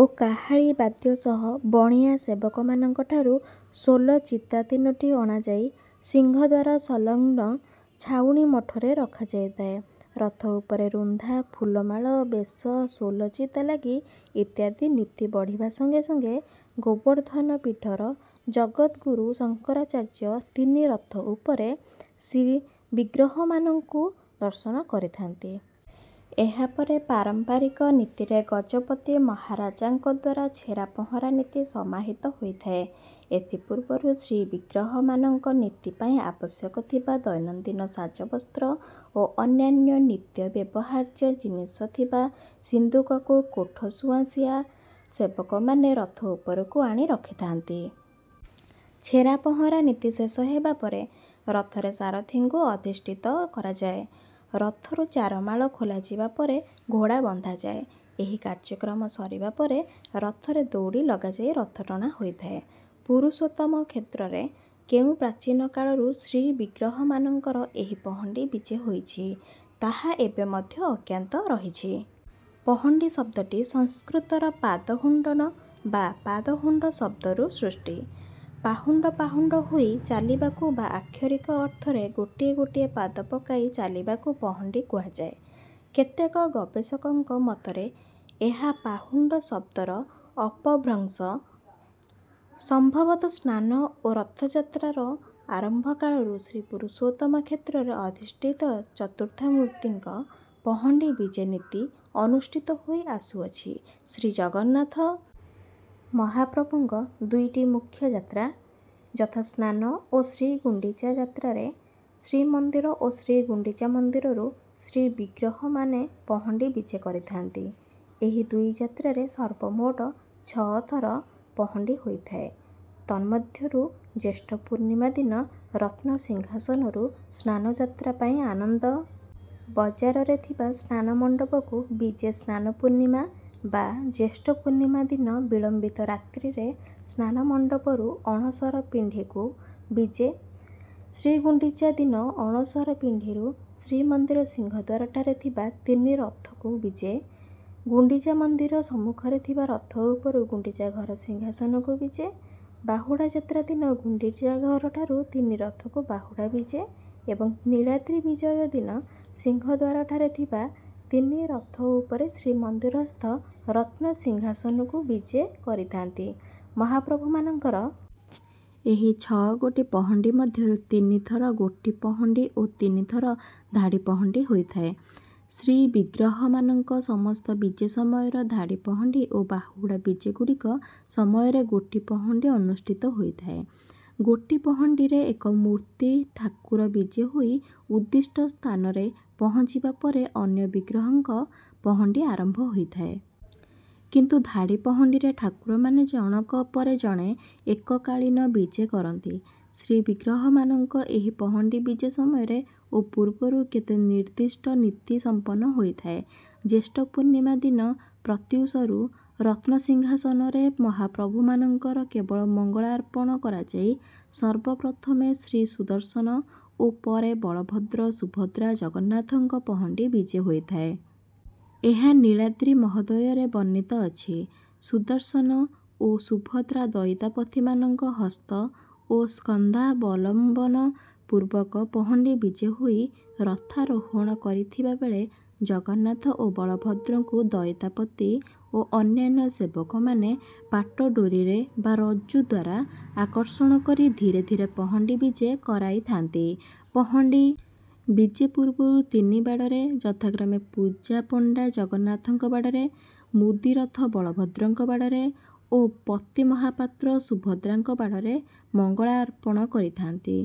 ଓ କାହାଳୀ ବାଦ୍ୟ ସହ ବଣିଆ ସେବକମାନଙ୍କଠାରୁ ସୋଲ ଚିତା ତିନୋଟି ଅଣାଯାଇ ସିଂହଦ୍ୱାର ସଂଲଗ୍ନ ଛାଉଣୀ ମଠରେ ରଖାଯାଇଥାଏ। ରଥ ଉପରେ ରୁନ୍ଧା, ଫୁଲମାଳ, ବେଶ, ସୋଲ ଚିତା ଲାଗି ଇତ୍ୟାଦି ନୀତି ବଢ଼ିବା ସଙ୍ଗେ ସଙ୍ଗେ ଗୋବର୍ଦ୍ଧନ ପୀଠର ଜଗଦ୍‌ଗୁରୁ ଶଙ୍କରାଚାର୍ଯ୍ୟ ତିନି ରଥ ଉପରେ ଶ୍ରୀବିଗ୍ରହମାନଙ୍କୁ ଦର୍ଶନ କରିଥାନ୍ତି। ଏହା ପରେ ପାରମ୍ପାରିକ ନୀତିରେ ଗଜପତି ମହାରାଜାଙ୍କ ଦ୍ୱାରା ଛେରାପହଁରା ନୀତି ସମାହିତ ହୋଇଥାଏ। ଏଥି ପୂର୍ବରୁ ଶ୍ରୀବିଗ୍ରହମାନଙ୍କ ନୀତି ପାଇଁ ଆବଶ୍ୟକ ଥିବା ଦୈନନ୍ଦିନ ସାଜବସ୍ତ୍ର ଓ ଅନ୍ୟାନ୍ୟ ନିତ୍ୟ ବ୍ୟବହାର୍ଯ୍ୟ ଜିନିଷ ଥିବା ସିନ୍ଦୁକକୁ କୋଠସୁଆଁସିଆ ସେବକମାନେ ରଥ ଉପରକୁ ଆଣି ରଖିଥାନ୍ତି। ଛେରାପହଁରା ନୀତି ଶେଷ ହେବା ପରେ ରଥରେ ସାରଥୀଙ୍କୁ ଅଧିଷ୍ଠିତ କରାଯାଏ। ରଥରୁ ଚାରମାଳ ଖୋଲାଯିବା ପରେ ଘୋଡ଼ା ବନ୍ଧାଯାଏ। ଏହି କାର୍ଯ୍ୟକ୍ରମ ସରିବା ପରେ ରଥରେ ଦଉଡ଼ି ଲଗାଯାଇ ରଥଟଣା ହୋଇଥାଏ। ପୁରୁଷୋତ୍ତମ କ୍ଷେତ୍ରରେ କେଉଁ ପ୍ରାଚୀନ କାଳରୁ ଶ୍ରୀବିଗ୍ରହମାନଙ୍କର ଏହି ପହଣ୍ଡି ବିଜେ ହୋଇଛି, ତାହା ଏବେ ମଧ୍ୟ ଅଜ୍ଞାତ ରହିଛି। ପହଣ୍ଡି ଶବ୍ଦଟି ସଂସ୍କୃତର ପାଦହୁଣ୍ଡନ ବା ପାଦହୁଣ୍ଡ ଶବ୍ଦରୁ ସୃଷ୍ଟି। ପାହୁଣ୍ଡ ପାହୁଣ୍ଡ ହୋଇ ଚାଲିବାକୁ ବା ଆକ୍ଷରିକ ଅର୍ଥରେ ଗୋଟିଏ ଗୋଟିଏ ପାଦ ପକାଇ ଚାଲିବାକୁ ପହଣ୍ଡି କୁହାଯାଏ। କେତେକ ଗବେଷକଙ୍କ ମତରେ ଏହା ପାହୁଣ୍ଡ ଶବ୍ଦର ଅପଭ୍ରଂଶ। ସମ୍ଭବତଃ ସ୍ନାନ ଓ ରଥଯାତ୍ରାର ଆରମ୍ଭ କାଳରୁ ଶ୍ରୀପୁରୁଷୋତ୍ତମ କ୍ଷେତ୍ରରେ ଅଧିଷ୍ଠିତ ଚତୁର୍ଦ୍ଧାମୂର୍ତ୍ତିଙ୍କ ପହଣ୍ଡି ବିଜେ ନୀତି ଅନୁଷ୍ଠିତ ହୋଇ ଆସୁଅଛି। ଶ୍ରୀଜଗନ୍ନାଥ ମହାପ୍ରଭୁଙ୍କ ଦୁଇଟି ମୁଖ୍ୟ ଯାତ୍ରା, ଯଥା ସ୍ନାନ ଓ ଶ୍ରୀଗୁଣ୍ଡିଚା ଯାତ୍ରାରେ ଶ୍ରୀମନ୍ଦିର ଓ ଶ୍ରୀଗୁଣ୍ଡିଚା ମନ୍ଦିରରୁ ଶ୍ରୀବିଗ୍ରହମାନେ ପହଣ୍ଡି ବିଜେ କରିଥାନ୍ତି। ଏହି ଦୁଇ ଯାତ୍ରାରେ ସର୍ବମୋଟ ଛଅ ଥର ପହଣ୍ଡି ହୋଇଥାଏ। ତନ୍ମଧ୍ୟରୁ ଜ୍ୟେଷ୍ଠ ପୂର୍ଣ୍ଣିମା ଦିନ ରତ୍ନସିଂହାସନରୁ ସ୍ନାନଯାତ୍ରା ପାଇଁ ଆନନ୍ଦ ବଜାରରେ ଥିବା ସ୍ନାନମଣ୍ଡପକୁ ବିଜେ। ସ୍ନାନ ପୂର୍ଣ୍ଣିମା ବା ଜ୍ୟେଷ୍ଠ ପୂର୍ଣ୍ଣିମା ଦିନ ବିଳମ୍ବିତ ରାତ୍ରିରେ ସ୍ନାନମଣ୍ଡପରୁ ଅଣସର ପିଣ୍ଡିକୁ ବିଜେ। ଶ୍ରୀଗୁଣ୍ଡିଚା ଦିନ ଅଣସର ପିଣ୍ଡିରୁ ଶ୍ରୀମନ୍ଦିର ସିଂହଦ୍ୱାରଠାରେ ଥିବା ତିନି ରଥକୁ ବିଜେ। ଗୁଣ୍ଡିଚା ମନ୍ଦିର ସମ୍ମୁଖରେ ଥିବା ରଥ ଉପରୁ ଗୁଣ୍ଡିଚା ଘର ସିଂହାସନକୁ ବିଜେ। ବାହୁଡ଼ା ଯାତ୍ରା ଦିନ ଗୁଣ୍ଡିଚା ଘରଠାରୁ ତିନି ରଥକୁ ବାହୁଡ଼ା ବିଜେ ଏବଂ ନୀଳାଦ୍ରି ବିଜୟ ଦିନ ସିଂହଦ୍ୱାରଠାରେ ଥିବା ତିନି ରଥ ଉପରୁ ଶ୍ରୀମନ୍ଦିରସ୍ଥ ରତ୍ନସିଂହାସନକୁ ବିଜେ କରିଥାନ୍ତି। ମହାପ୍ରଭୁମାନଙ୍କର ଏହି ଛଅଗୋଟି ପହଣ୍ଡି ମଧ୍ୟରୁ ତିନି ଥର ଗୋଟି ପହଣ୍ଡି ଓ ତିନି ଥର ଧାଡ଼ି ପହଣ୍ଡି ହୋଇଥାଏ। ଶ୍ରୀବିଗ୍ରହମାନଙ୍କ ସମସ୍ତ ବିଜେ ସମୟର ଧାଡ଼ି ପହଣ୍ଡି ଓ ବାହୁଡ଼ା ବିଜେଗୁଡ଼ିକ ସମୟରେ ଗୋଟି ପହଣ୍ଡି ଅନୁଷ୍ଠିତ ହୋଇଥାଏ। ଗୋଟି ପହଣ୍ଡିରେ ଏକ ମୂର୍ତ୍ତି ଠାକୁର ବିଜେ ହୋଇ ଉଦ୍ଦିଷ୍ଟ ସ୍ଥାନରେ ପହଞ୍ଚିବା ପରେ ଅନ୍ୟ ବିଗ୍ରହଙ୍କ ପହଣ୍ଡି ଆରମ୍ଭ ହୋଇଥାଏ। କିନ୍ତୁ ଧାଡ଼ି ପହଣ୍ଡିରେ ଠାକୁରମାନେ ଜଣକ ପରେ ଜଣେ ଏକକାଳୀନ ବିଜେ କରନ୍ତି। ଶ୍ରୀବିଗ୍ରହମାନଙ୍କ ଏହି ପହଣ୍ଡି ବିଜେ ସମୟରେ ଓ ପୂର୍ବରୁ କେତେକ ନିର୍ଦ୍ଦିଷ୍ଟ ନୀତି ସମ୍ପନ୍ନ ହୋଇଥାଏ। ଜ୍ୟେଷ୍ଠ ପୂର୍ଣ୍ଣିମା ଦିନ ପ୍ରତ୍ୟୂଷରୁ ରତ୍ନସିଂହାସନରେ ମହାପ୍ରଭୁମାନଙ୍କର କେବଳ ମଙ୍ଗଳାର୍ପଣ କରାଯାଇ ସର୍ବପ୍ରଥମେ ଶ୍ରୀସୁଦର୍ଶନ ଓ ପରେ ବଳଭଦ୍ର, ସୁଭଦ୍ରା, ଜଗନ୍ନାଥଙ୍କ ପହଣ୍ଡି ବିଜେ ହୋଇଥାଏ। ଏହା ନୀଳାଦ୍ରି ମହୋଦୟରେ ବର୍ଣ୍ଣିତ ଅଛି। ସୁଦର୍ଶନ ଓ ସୁଭଦ୍ରା ଦଇତାପତିମାନଙ୍କ ହସ୍ତ ଓ ସ୍କନ୍ଧାବଲମ୍ବନ ପୂର୍ବକ ପହଣ୍ଡି ବିଜେ ହୋଇ ରଥାରୋହଣ କରିଥିବା ବେଳେ ଜଗନ୍ନାଥ ଓ ବଳଭଦ୍ରଙ୍କୁ ଦଇତାପତି ଓ ଅନ୍ୟାନ୍ୟ ସେବକମାନେ ପାଟଡୋରିରେ ବା ରଜ୍ଜୁ ଦ୍ୱାରା ଆକର୍ଷଣ କରି ଧୀରେ ଧୀରେ ପହଣ୍ଡି ବିଜେ କରାଇଥାନ୍ତି। ପହଣ୍ଡି ବିଜେ ପୂର୍ବରୁ ତିନି ବାଡ଼ରେ ଯଥାକ୍ରମେ ପୂଜାପଣ୍ଡା ଜଗନ୍ନାଥଙ୍କ ବାଡ଼ରେ, ମୁଦିରଥ ବଳଭଦ୍ରଙ୍କ ବାଡ଼ରେ ଓ ପତି ମହାପାତ୍ର ସୁଭଦ୍ରାଙ୍କ ବାଡ଼ରେ ମଙ୍ଗଳାର୍ପଣ କରିଥାନ୍ତି।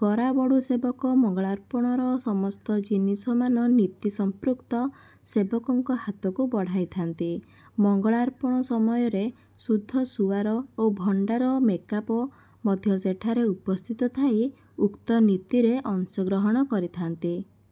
ଗରାବଡ଼ୁ ସେବକ ମଙ୍ଗଳାର୍ପଣର ସମସ୍ତ ଜିନିଷମାନ ନୀତି ସମ୍ପୃକ୍ତ ସେବକଙ୍କ ହାତକୁ ବଢ଼ାଇଥାନ୍ତି। ମଙ୍ଗଳାର୍ପଣ ସମୟରେ ସୁଦ୍ଧସୁଆର ଓ ଭଣ୍ଡାର ମେକାପ ମଧ୍ୟ ସେଠାରେ ଉପସ୍ଥିତ ଥାଇ ଉକ୍ତ ନୀତିରେ ଅଂଶଗ୍ରହଣ କରିଥାନ୍ତି।